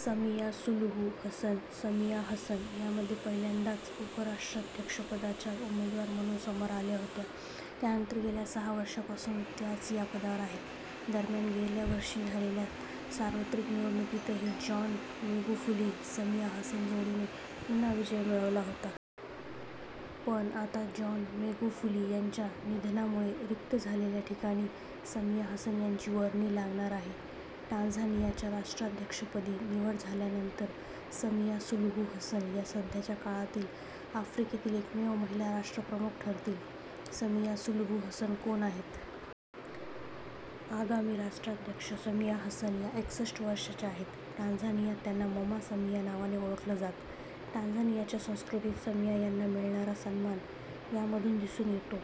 Samia Suluhu Hassan Samia Hassan या मध्ये पहिल्यांदाच उपराष्ट्राध्यक्षपदाच्या उमेदवार म्हणून समोर आल्या होत्या. त्यानंतर गेल्या सहा वर्षांपासून त्याच या पदावर आहेत. दरम्यान, गेल्या वर्षी झालेल्या सार्वत्रिक निवडणुकीतही जॉन मेगुफूली-समिया हसन जोडीने पुन्हा विजय मिळवला होता. पण आता जॉन मेगुफूली यांच्या निधनामुळे रिक्त झालेल्या ठिकाणी समिया हसन यांची वर्णी लागणार आहे. टांझानियाच्या राष्ट्राध्यक्षपदी निवड झाल्यानंतर समिया सुलूहू हसन या सध्याच्या काळातील आफ्रिकेतील एकमेव महिला राष्ट्रप्रमुख ठरतील. समिया सुलूहू हसन कोण आहेत? आगामी राष्ट्राध्यक्ष समिया हसन या एकसष्ठ वर्षांच्या आहेत. टांझानियात त्यांना ममा समिया नावाने ओळखलं जातं. टांझानियाच्या संस्कृतीत समिया यांना मिळणारा सन्मान यामधून दिसून येतो.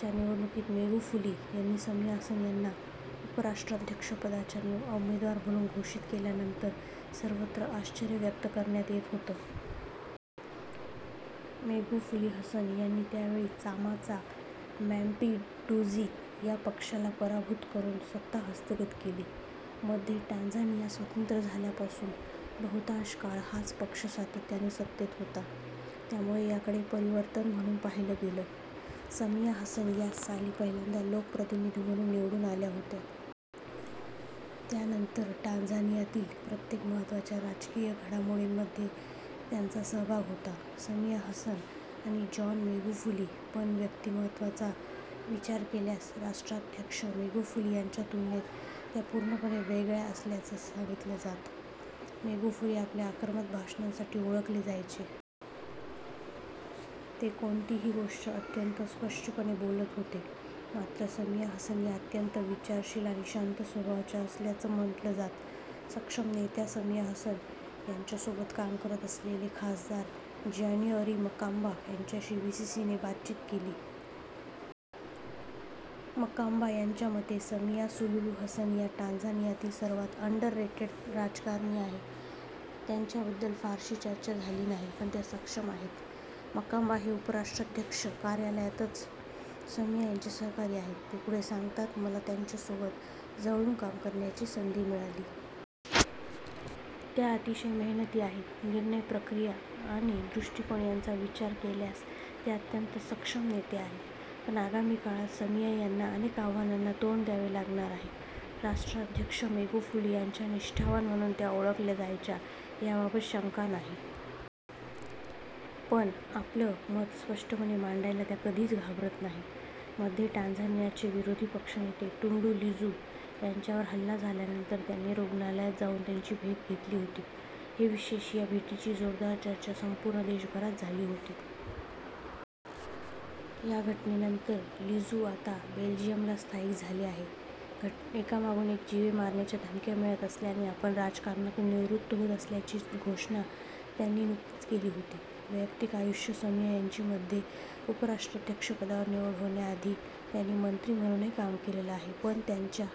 च्या निवडणुकीत मेगुफूली यांनी समिया हसन यांना उपराष्ट्राध्यक्षपदाच्या उमेदवार म्हणून घोषित केल्यानंतर सर्वत्र आश्चर्य व्यक्त करण्यात येत होतं. मेगुफूली-हसन यांनी त्यावेळी चामा चा मॅपिंडूझी या पक्षाला पराभूत करून सत्ता हस्तगत केली. मध्ये टांझानिया स्वतंत्र झाल्यापासून बहुतांश काळ हाच पक्ष सातत्याने सत्तेत होता, त्यामुळे याकडे परिवर्तन म्हणून पाहिलं गेलं. समिया हसन या साली पहिल्यांदा लोकप्रतिनिधी म्हणून निवडून आल्या होत्या. त्यानंतर टांझानियातील प्रत्येक महत्त्वाच्या राजकीय घडामोडींमध्ये त्यांचा सहभाग होता. समिया हसन आणि जॉन मेगुफूली पण व्यक्तिमत्वाचा विचार केल्यास राष्ट्राध्यक्ष मेगुफूली यांच्या तुलनेत त्या पूर्णपणे वेगळ्या असल्याचं सांगितलं जातं. मेगुफूली आपल्या आक्रमक भाषणांसाठी ओळखले जायचे. ते कोणतीही गोष्ट अत्यंत स्पष्टपणे बोलत होते. मात्र समिया हसन या अत्यंत विचारशील आणि शांत स्वभावाच्या असल्याचं म्हटलं जातं. सक्षम नेत्या समिया हसन यांच्यासोबत काम करत असलेले खासदार जॅन्यूअरी मकांबा यांच्याशी बीबीसीने बातचीत केली. मकांबा यांच्या मते, समिया सुलूहू हसन या टांझानियातील सर्वांत अंडररेटेड राजकारणी आहेत. त्यांच्याबद्दल फारशी चर्चा झाली नाही. पण त्या सक्षम आहेत. मकांबा हे उपराष्ट्राध्यक्ष कार्यालयातच समिया यांचे सहकारी आहेत. ते पुढे सांगतात मला त्यांच्यासोबत जवळून काम करण्याची संधी मिळाली. त्या अतिशय मेहनती आहेत. निर्णय प्रक्रिया आणि दृष्टीकोन यांचा विचार केल्यास त्या अत्यंत सक्षम नेत्या आहेत. पण आगामी काळात समिया यांना अनेक आव्हानांना तोंड द्यावं लागणार आहे. राष्ट्राध्यक्ष मेगुफूली यांच्या निष्ठावान म्हणून त्या ओळखल्या जायच्या याबाबत शंका नाही. पण आपलं मत स्पष्टपणे मांडायला त्या कधीच घाबरत नाहीत. मध्ये टांझानियाचे विरोधी पक्षनेते टुंडू लिसू यांच्यावर हल्ला झाल्यानंतर त्यांनी रुग्णालयात जाऊन त्यांची भेट घेतली होती, हे विशेष. या भेटीची जोरदार चर्चा संपूर्ण देशभरात झाली होती. या घटनेनंतर लिसू आता बेल्जियमला स्थायिक झाले आहेत. एकामागून एक जीवे मारण्याच्या धमक्या मिळत असल्याने आपण राजकारणातून निवृत्त होत असल्याची घोषणा त्यांनी नुकतीच केली होती. वैयक्तिक आयुष्य समिया यांची मध्ये उपराष्ट्राध्यक्षपदावर निवड होण्याआधी त्यांनी मंत्री म्हणूनही काम केलेलं आहे. पण त्यांच्या